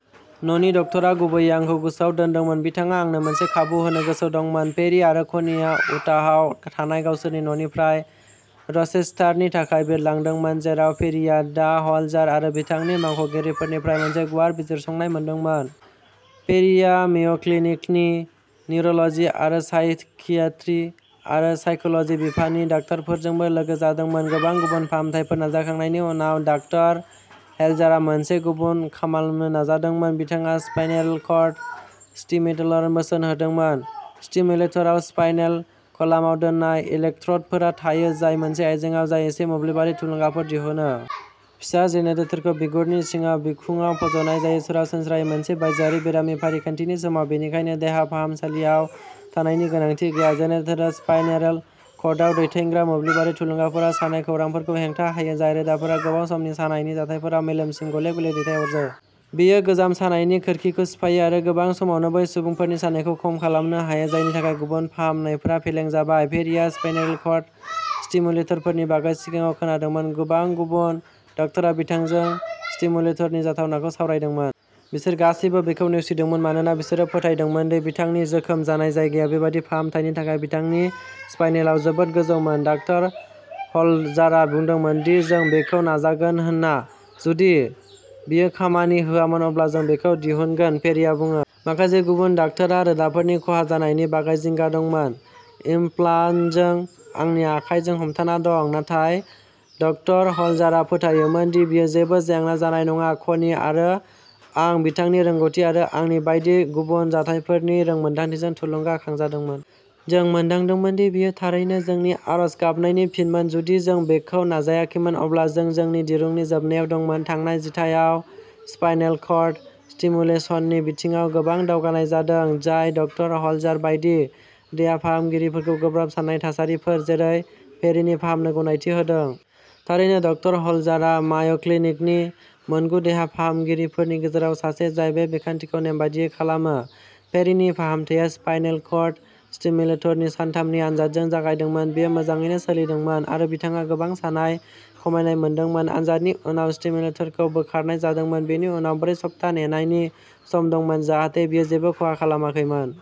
"न'नि डाक्ट'रा गुबैयै आंखौ गांसोआव दोनदोंमोन। बिथांङा आंनो मोनसे खाबु होनो गोसो दंमोन। " पेरी आरो क'नीआ उटाहआव थानाय गावसोरनि न'निफ्राय रचेस्टारनि थाखाय बिरलांदोंमोन, जेराव पेरीआ डा. ह'लजार आरो बिथांनि मावख'गिरिफोरनिफ्राय मोनसे गुवार बिजिरसंनाय मोनदोंमोन। पेरीआ मेय'क्लिनिकनि निउर'ल'जी, आरो साइकियाट्री आरो साइकोल'जी बिफाननि डाक्टारफोरजोंबो लोगो जादोंमोन। गोबां गुबुन फाहामथायफोर नाजाखांनायनि उनाव, डा. ह'लजारआ माबा मोनसे गुबुन खालामनो नाजादोंमोन। बिथांङा स्पाइनेल कर्ड स्टिमुलेटरनि बोसोन होदोंमोन। स्टिमुलेटराव स्पाइनेल कलामाव दोननाय इलेक्ट्र'डफोर थायो, जाय मोनसे आयजेंआव जाय एसे मोब्लिबारि थुलुंगाफोर दिहुनो। फिसा जेनेरेटरखौ बिगुरनि सिंङाव बिखुंआव फज'नाय जायो, सरासनस्रायै मोनसे बायजोआरि बेरामि फारिखान्थिनि समाव, बेनिखायनो देहा फाहामसालियाव थानायनि गोनांथि गैया। जेनेरेटरआ स्पाइनेल कर्डआव दैथायग्रा मोब्लिबारि थुलुंगाफोरा सानाय खौरांफोरखौ हेंथा होयो, जाय रोदाफोरा गोबाव समनि सानायनि जाथायफोराव मेलेमसिम गले-गले दैथायहरो। बेयो गोजाम सानायनि सोरखिखौ सिफायो आरो गोबां समावनो बै सुबुंफोरनि सानायखौ खम खालामनो हायो, जायनि थाखाय गुबुन फाहामनायफोरा फेलें जाबाय। पेरीआ स्पाइनेल कर्ड स्टिमुलेटरफोरनि बागै सिगांङाव खोनादोंमोन। गोबां गुबुन डाक्टरा बिथांजों स्टिमुलेटरनि जाथावनाखौ सावरायदोंमोन। बिसोर गासैबो बेखौ नेवसिदोंमोन मानोना बिसोरो फोथायदोंमोन दि बिथांनि जोखोम जानाय जायगाया बेबादि फाहामथायनि थाखाय बिथांनि स्पाइनेलाव जोबोद गोजौमोन। "डा. ह'लजारआ बुंदोंमोन दि जों बेखौ नाजानो हागोन। जुदि बेयो खामानि होआमोन, अब्ला जों बेखौ दिहुनगोन", पेरीआ बुंङो। "माखासे गुबुन डाक्टरा रोदाफोरनि खहा जानायनि बागै जिंगा दंमोन। इमप्लान्टजों आंनि आखाइजों हमथाना दं। नाथाय ड. ह'लजारआ फोथायोमोन दि बेयो जेबो जेंना जानाय नंङा। कनि आरो आं बिथांनि रोंग'थि आरो आंनि बायदि गुबुन जाथायफोरनि रोंमोनदांथिजों थुलुंगाखांजादोंमोन। जों मोनदांदोंमोन दि बेयो थारैनो जोंनि आरज गाबनायनि फिनमोन। जुदि जों बेखौ नाजायाखैमोन, अब्ला जों जोंनि दिरुंनि जोबनायाव दंमोन। "थांनाय जिथाइयाव स्पाइनेल कर्ड स्टिमुलेसननि बिथिंङाव गोबां दावगानाय जादों जाय ड. ह'लजार बायदि देहा फाहामगिरिफोरखौ गोब्राब सानाय थासारिफोर, जेरै पेरिनि फाहामनो गनायथि होदों। थारैनो, ड. ह'लजारआ माय'क्लिनिकनि मोनगु देहा फाहामगिरिफोरनि गेजेराव सासे जाय बे बिखान्थिखौ नेमबादियै खालामो। पेरिनि फाहामथाया स्पाइनेल कर्ड स्टिमुलेटरनि सानथामनि आनजादजों जागायदोंमोन। बेयो मोजांङैनो सोलिदोंमोन, आरो बिथांङा गोबां सानाय खमायनाय मोनदांदोंमोन। आनजादनि उनाव, स्टिमुलेटरखौ बोखारनाय जादोंमोन, बेनि उनाव ब्रै सप्ता नेनायनि सम दंमोन जाहाथे बेयो जेबो खहा खालामाखैमोन।